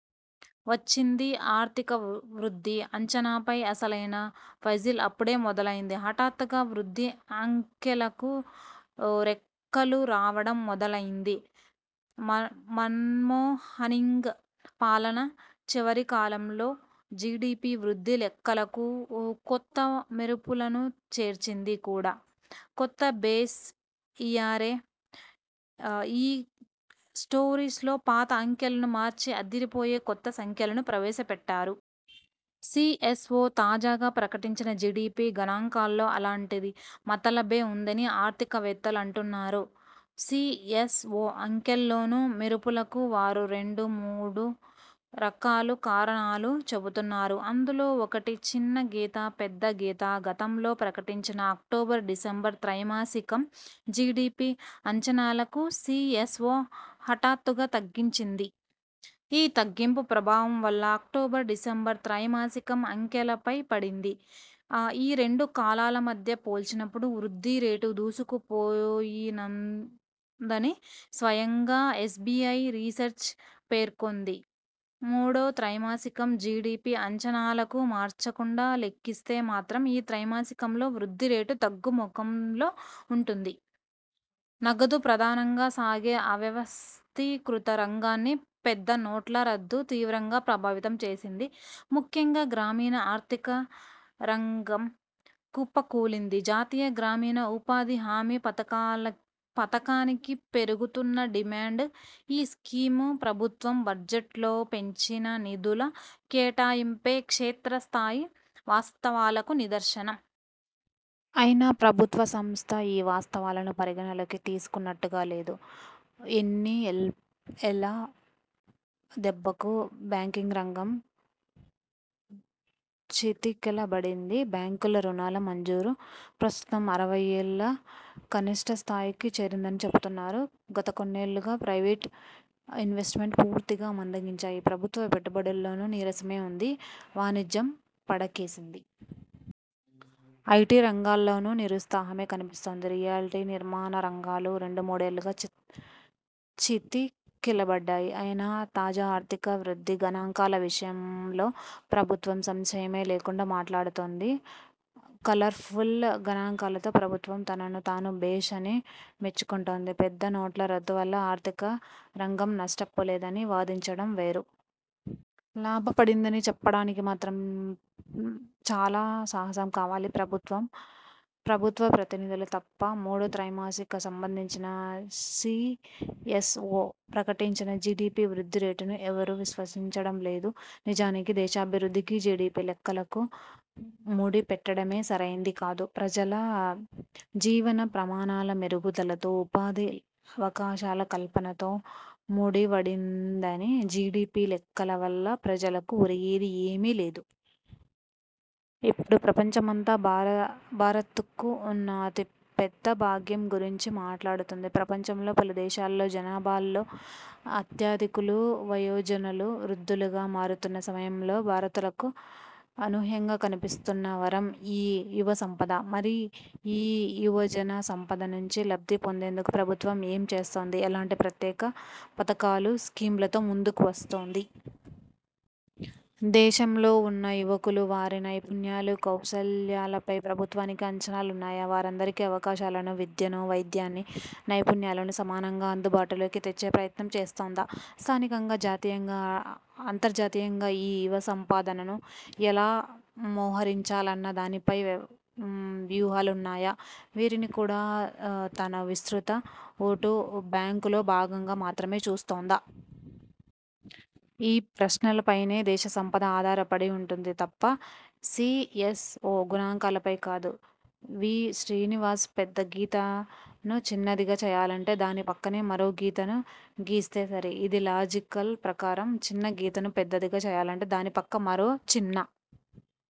వచ్చింది? ఆర్థిక వృద్ధి అంచనాలపై అసలైన పజిల్ అప్పుడే మొదలైంది. హఠాత్తుగా వృద్ధి అంకెలకు రెక్కలురావడం మొదలైంది. మన్మోహన్సింగ్ పాలన చివరికాలంలో జిడిపి వృద్ధి లెక్కలకు కొత్త మెరుపులను చేర్చింది కూడా కొత్త బేస్ ఇయరే. ఈ కొత్త సిరీస్లో పాత అంకెలను మార్చి అదిరిపోయే కొత్త సంఖ్యలను ప్రవేశపెట్టారు. సిఎస్ఒ తాజాగా ప్రకటించిన జిడిపి గణాంకాల్లోనూ అలాంటి మతలబే ఉందని ఆర్థికవేత్తలు అంటున్నారు. సిఎస్ఒ అంకెల్లోని మెరుపులకు వారు రెండు మూడు రకాల కారణాలను చెబుతున్నారు. అందులో ఒకటి చిన్న గీత- పెద్ద గీత. గతంలో ప్రకటించిన అక్టోబర్ డిసెంబర్ త్రైమాసికం జిడిపి అంచనాలను సిఎస్ఒ హఠాత్తుగా తగ్గించింది. ఈ తగ్గింపు ప్రభావం వల్ల అక్టోబర్-డిసెంబర్ త్రైమాసికం అంకెలపై పడింది. ఈ రెండు కాలాల మధ్య పోల్చినప్పుడు వృద్ధి రేటు దూసుకుపోయుందని స్వయంగా ఎస్బిఐ రీసెర్చ్ పేర్కొంది. మూడో త్రైమాసికం జిడిపి అంచనాలను మార్చకుండా లెక్కిస్తే మాత్రం, ఈ త్రైమాసికంలో వృద్ధి రేటు తగ్గుముఖంలో ఉంటుంది. నగదు ప్రధానంగా సాగే అవ్యవస్థీకృత రంగాన్ని పెద్ద నోట్ల రద్దు తీవ్రంగా ప్రభావితం చేసింది. ముఖ్యంగా గ్రామీణ ఆర్థిక రంగం కుప్పకూలింది. జాతీయ గ్రామీణ ఉపాధి హామీ పథకానికి పెరుగుతున్న డిమాండ్, ఈ స్కీమ్కు ప్రభుత్వం బడ్జెట్లో పెంచిన నిధుల కేటాయింపే క్షేత్రస్థాయి వాస్తవాలకు నిదర్శనం. అయినా ప్రభుత్వ సంస్థ ఈ వాస్తవాలను పరిగణనలోకి తీసుకున్నట్టుగా లేదు. ఎన్పిఎల దెబ్బకు బ్యాంకింగ్ రంగం చతికిలబడింది. బ్యాంకుల రుణాల మంజూరు ప్రస్తుతం అరవై ఏళ్ల కనిష్ఠస్థాయికి చేరిందని చెబుతున్నారు. గత కొన్నేళ్లుగా ప్రైవేట్ ఇన్వెస్ట్మెంట్స్ పూర్తిగా మందగించాయి. ప్రభుత్వ పెట్టుబడుల్లోనూ నీరసమే ఉంది. వాణిజ్యం పడకేసింది. ఐటి రంగంలోనూ నిరుత్సాహమే కనిపిస్తోంది. రియల్టీ, నిర్మాణ రంగాలు రెండుమూడేళ్లుగా చతికిలబడ్డాయి. అయినా, తాజా ఆర్థిక వృద్ధి గణాంకాల విషయంలో ప్రభుత్వం సంశయమే లేకుండా మాట్లాడుతోంది. కలర్ఫుల్ గణాంకాలతో ప్రభుత్వం తనను తాను భేష్ అని మెచ్చుకుంటోంది. పెద్ద నోట్ల రద్దు వల్ల ఆర్థిక రంగం నష్టపోలేదని వాదించడం వేరు. లాభపడిందని చెప్పడానికి మాత్రం చాలా సాహసం కావాలి. ప్రభుత్వం, ప్రభుత్వ ప్రతినిధులు తప్ప మూడో త్రైమాసికానికి సంబంధించి సిఎస్ఒ ప్రకటించిన జిడిపి వృద్ధి రేటును ఎవరూ విశ్వసించడం లేదు. నిజానికి దేశాభివృద్ధికి, జిడిపి లెక్కలకు ముడిపెట్టడమే సరైంది కాదు. ప్రజల జీవన ప్రమాణాల మెరుగుదలతో, ఉపాధి అవకాశాల కల్పనతో ముడివడని జిడిపి లెక్కల వల్ల ప్రజలకు ఒరిగేది ఏమీలేదు. ఇపుడు ప్రపంచమంతా భారతకు ఉన్న అతిపెద్ద ''భాగ్యం'' గురించి మాట్లాడుతోంది. ప్రపంచంలోని పలు దేశాల్లో జనాభాలో అత్యధికులు వయోజనులు, వృద్ధులుగా మారుతున్న సమయంలో భారతకు అనూహ్యంగా కలిసివస్తున్న వరం ఈ యువసంపద. మరి ఈ యువజన సంపద నుంచి లబ్దిపొందేందుకు ప్రభుత్వం ఏం చేస్తోంది. ఎలాంటీ ప్రత్యేక పథకాలు, స్కీమ్లతో ముందుకు వస్తోంది? దేశంలో ఉన్న యువకులు వారి నైపుణ్యాలు, కౌశల్యాలపై ప్రభుత్వానికి అంచనాలున్నాయా? వారందరికీ అవకాశాలను, విద్యను, వైద్యాన్ని, నైపుణ్యాలను సమానంగా అందుబాటులోకి తెచ్చే ప్రయత్నం చేస్తోందా? స్థానికంగా, జాతీయంగా, అంతర్జాతీయంగా ఈ యువసంపదను ఎలా మొహరించాలన్న దానిపై వ్యూహాలున్నాయా? వీరిని కూడా తన విస్తృత ఓటు బ్యాంకులో భాగంగా మాత్రమే చూస్తోందా? ఈ ప్రశ్నలపైనే దేశ సంపద ఆధార పడి ఉంటుంది తప్ప.. సిఎస్ఒ గణాంకాలపై కాదు. వి. శ్రీనివాస్ పెద్ద గీతను చిన్నదిగా చేయాలంటే దాని పక్కనే మరో పెద్ద గీతను గీస్తే సరి. ఇదే లాజిక్ ప్రకారం చిన్నగీతను పెద్దదిగా చేయాలంటే దాని పక్కన మరో చిన్న